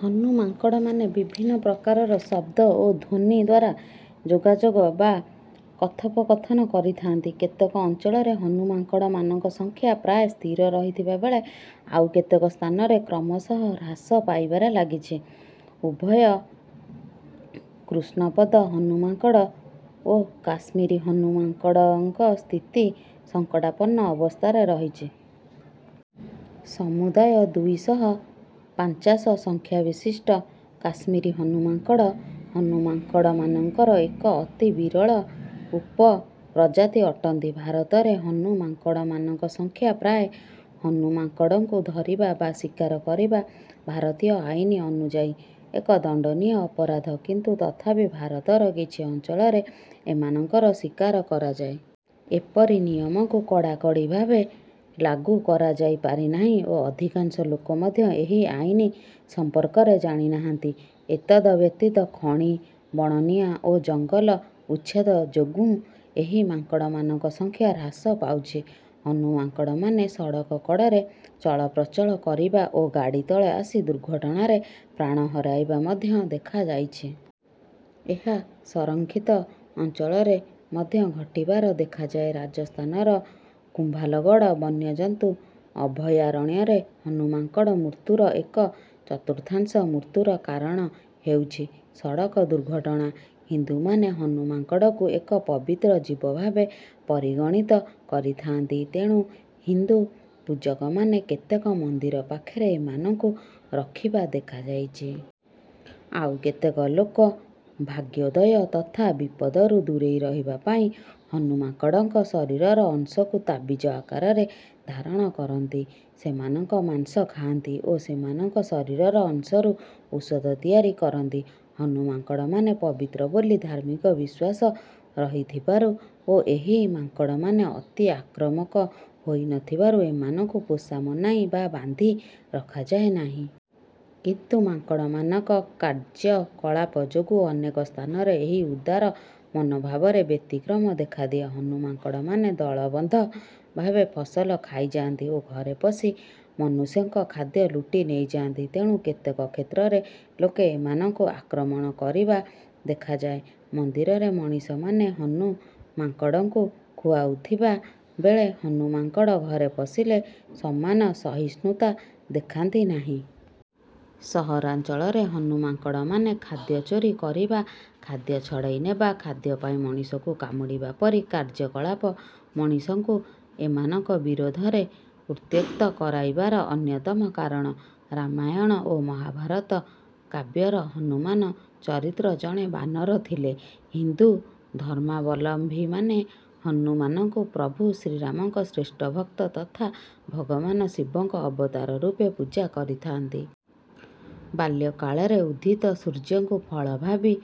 ହନୁ ମାଙ୍କଡ଼ମାନେ ବିଭିନ୍ନ ପ୍ରକାରର ଶବ୍ଦ ଓ ଧ୍ୱନି ଦ୍ୱାରା ଯୋଗାଯୋଗ ବା କଥୋପକଥନ କରିଥାନ୍ତି। କେତେକ ଅଞ୍ଚଳରେ ହନୁ ମାଙ୍କଡ଼ମାନଙ୍କ ସଂଖ୍ୟା ପ୍ରାୟ ସ୍ଥିର ରହିଥିବା ବେଳେ ଆଉ କେତେକ ସ୍ଥାନରେ କ୍ରମଶଃ ହ୍ରାସ ପାଇବାରେ ଲାଗିଛି। ଉଭୟ କୃଷ୍ଣପଦ ହନୁ ମାଙ୍କଡ଼ ଓ କାଶ୍ମୀରୀ ହନୁ ମାଙ୍କଡ଼ଙ୍କ ସ୍ଥିତି ସଙ୍କଟାପନ୍ନ ଅବସ୍ଥାରେ ରହିଛି। ସମୁଦାୟ ଦୁଇ ଶହ ପାଞ୍ଚାଶ ସଂଖ୍ୟାବିଶିଷ୍ଟ କାଶ୍ମୀରୀ ହନୁ ମାଙ୍କଡ଼, ହନୁ ମାଙ୍କଡ଼ମାନଙ୍କର ଏକ ଅତି ବିରଳ ଉପପ୍ରଜାତି ଅଟନ୍ତି। ଭାରତରେ ହନୁ ମାଙ୍କଡ଼ମାନଙ୍କ ସଂଖ୍ୟା ପ୍ରାୟ। ହନୁ ମାଙ୍କଡ଼ଙ୍କୁ ଧରିବା ବା ଶିକାର କରିବା ଭାରତୀୟ ଆଇନ ଅନୁଯାୟୀ ଏକ ଦଣ୍ଡନୀୟ ଅପରାଧ, କିନ୍ତୁ ତଥାପି ଭାରତର କିଛି ଅଞ୍ଚଳରେ ଏମାନଙ୍କର ଶିକାର କରାଯାଏ। ଏପରି ନିୟମକୁ କଡ଼ାକଡ଼ି ଭାବେ ଲାଗୁ କରାଯାଇପାରିନାହିଁ ଓ ଅଧିକାଂଶ ଲୋକ ମଧ୍ୟ ଏହି ଆଇନ ସମ୍ପର୍କରେ ଜାଣିନାହାନ୍ତି। ଏତଦ ବ୍ୟତୀତ ଖଣି, ବଣନିଆଁ ଓ ଜଙ୍ଗଲ ଉଚ୍ଛେଦ ଯୋଗୁଁ ଏହି ମାଙ୍କଡ଼ମାନଙ୍କ ସଂଖ୍ୟା ହ୍ରାସ ପାଉଛି। ହନୁ ମାଙ୍କଡ଼ମାନେ ସଡ଼କ କଡ଼ରେ ଚଳପ୍ରଚଳ କରିବା ଓ ଗାଡ଼ି ତଳେ ଆସି ଦୁର୍ଘଟଣାରେ ପ୍ରାଣ ହରାଇବା ମଧ୍ୟ ଦେଖାଯାଇଛି। ଏହା ସଂରକ୍ଷିତ ଅଞ୍ଚଳରେ ମଧ୍ୟ ଘଟିବାର ଦେଖାଯାଏ, ରାଜସ୍ଥାନର କୁମ୍ଭାଲଗଡ଼ ବନ୍ୟଜନ୍ତୁ ଅଭୟାରଣ୍ୟରେ ହନୁ ମାଙ୍କଡ଼ ମୃତ୍ୟୁର ଏକ ଚତୁର୍ଥାଂଶ ମୃତ୍ୟୁର କାରଣ ହେଉଛି ସଡ଼କ ଦୁର୍ଘଟଣା। ହିନ୍ଦୁମାନେ ହନୁ ମାଙ୍କଡ଼କୁ ଏକ ପବିତ୍ର ଜୀବ ଭାବେ ପରିଗଣିତ କରିଥାନ୍ତି। ତେଣୁ ହିନ୍ଦୁ ପୂଜକମାନେ କେତେକ ମନ୍ଦିର ପାଖରେ ଏମାନଙ୍କୁ ରଖିବା ଦେଖାଯାଇଛି। ଆଉ କେତେକ ଲୋକ ଭାଗ୍ୟୋଦୟ ତଥା ବିପଦରୁ ଦୂରେଇ ରହିବା ପାଇଁ ହନୁ ମାଙ୍କଡ଼ଙ୍କ ଶରୀରର ଅଂଶକୁ ତାବିଜ ଆକାରରେ ଧାରଣ କରନ୍ତି, ସେମାନଙ୍କ ମାଂସ ଖାଆନ୍ତି ଓ ସେମାନଙ୍କ ଶରୀରର ଅଂଶରୁ ଔଷଧ ତିଆରି କରନ୍ତି। ହନୁ ମାଙ୍କଡ଼ମାନେ ପବିତ୍ର ବୋଲି ଧାର୍ମିକ ବିଶ୍ୱାସ ରହିଥିବାରୁ ଓ ଏହି ମାଙ୍କଡ଼ମାନେ ଅତି ଆକ୍ରାମକ ହୋଇନଥିବାରୁ ଏମାନଙ୍କୁ ପୋଷା ମନାଇ ବା ବାନ୍ଧି ରଖାଯାଏ ନାହିଁ। କିନ୍ତୁ ମାଙ୍କଡ଼ମାନଙ୍କ କାର୍ଯ୍ୟକଳାପ ଯୋଗୁଁ ଅନେକ ସ୍ଥାନରେ ଏହି ଉଦାର ମନୋଭାବରେ ବ୍ୟତିକ୍ରମ ଦେଖାଦିଏ। ହନୁ ମାଙ୍କଡ଼ମାନେ ଦଳବଦ୍ଧ ଭାବେ ଫସଲ ଖାଇଯାଆନ୍ତି ଓ ଘରେ ପଶି ମନୁଷ୍ୟଙ୍କ ଖାଦ୍ୟ ଲୁଟି ନେଇଯାନ୍ତି। ତେଣୁ କେତେକ କ୍ଷେତ୍ରରେ ଲୋକେ ଏମାନଙ୍କୁ ଆକ୍ରମଣ କରିବା ଦେଖାଯାଏ। ମନ୍ଦିରରେ ମଣିଷମାନେ ହନୁ ମାଙ୍କଡ଼ଙ୍କୁ ଖୁଆଉଥିବା ବେଳେ ହନୁ ମାଙ୍କଡ଼ ଘରେ ପଶିଲେ ସମାନ ସହିଷ୍ଣୁତା ଦେଖାନ୍ତି ନାହିଁ। ସହରାଞ୍ଚଳରେ ହନୁ ମାଙ୍କଡ଼ମାନେ ଖାଦ୍ୟ ଚୋରି କରିବା, ଖାଦ୍ୟ ଛଡ଼ାଇ ନେବା, ଖାଦ୍ୟ ପାଇଁ ମଣିଷଙ୍କୁ କାମୁଡ଼ିବା ପରି କାର୍ଯ୍ୟକଳାପ ମଣିଷଙ୍କୁ ଏମାନଙ୍କ ବିରୋଧରେ ଉତ୍ତ୍ୟକ୍ତ କରାଇବାର ଅନ୍ୟତମ କାରଣ। ରାମାୟଣ ଓ ମହାଭାରତ କାବ୍ୟର ହନୁମାନ ଚରିତ୍ର ଜଣେ ବାନର ଥିଲେ। ହିନ୍ଦୁ ଧର୍ମାବଲମ୍ବୀମାନେ ହନୁମାନଙ୍କୁ ପ୍ରଭୁ ଶ୍ରୀରାମଙ୍କ ଶ୍ରେଷ୍ଠ ଭକ୍ତ ତଥା ଭଗବାନ ଶିବଙ୍କ ଅବତାର ରୂପେ ପୂଜା କରିଥାନ୍ତି। ବାଲ୍ୟକାଳରେ ଉଦିତ ସୂର୍ଯ୍ୟଙ୍କୁ ଫଳ ଭାବି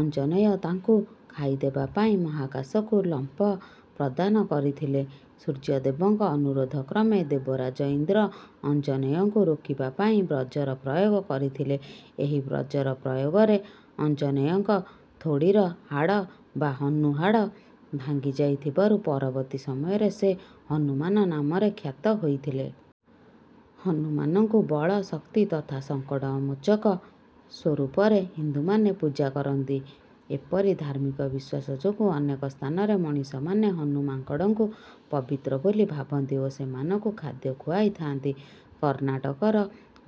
ଅଞ୍ଜନେୟ ତାଙ୍କୁ ଖାଇଦେବା ପାଇଁ ମହାକାଶକୁ ଲମ୍ଫ ପ୍ରଦାନ କରିଥିଲେ। ସୂର୍ଯ୍ୟଦେବଙ୍କ ଅନୁରୋଧ କ୍ରମେ ଦେବରାଜ ଇନ୍ଦ୍ର ଅଞ୍ଜନେୟଙ୍କୁ ରୋକିବା ପାଇଁ ବଜ୍ରର ପ୍ରୟୋଗ କରିଥିଲେ। ଏହି ବଜ୍ରର ପ୍ରୟୋଗରେ ଅଞ୍ଜନେୟଙ୍କ ଥୋଡ଼ିର ହାଡ଼ ବା ହନୁ ହାଡ଼ ଭାଙ୍ଗିଯାଇଥିବାରୁ ପରବର୍ତ୍ତୀ ସମୟରେ ସେ ହନୁମାନ ନାମରେ ଖ୍ୟାତ ହୋଇଥିଲେ। ହନୁମାନଙ୍କୁ ବଳ, ଶକ୍ତି ତଥା ସଙ୍କଟମୋଚକ ସ୍ୱରୂପରେ ହିନ୍ଦୁମାନେ ପୂଜା କରନ୍ତି। ଏପରି ଧାର୍ମିକ ବିଶ୍ୱାସ ଯୋଗୁଁ ଅନେକ ସ୍ଥାନରେ ମଣିଷମାନେ ହନୁ ମାଙ୍କଡ଼ମାନଙ୍କୁ ପବିତ୍ର ବୋଲି ଭାବନ୍ତି ଓ ସେମାନଙ୍କୁ ଖାଦ୍ୟ ଖୁଆଇଥାନ୍ତି। କର୍ଣ୍ଣାଟକର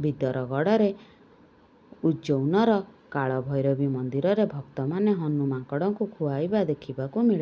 ବିଦର ଗଡ଼ରେ, ଉଜ୍ଜୈନର କାଳଭୈରବୀ ମନ୍ଦିରରେ ଭକ୍ତମାନେ ହନୁ ମାଙ୍କଡ଼ମାନଙ୍କୁ ଖୁଆଇବା ଦେଖିବାକୁ ମିଳେ।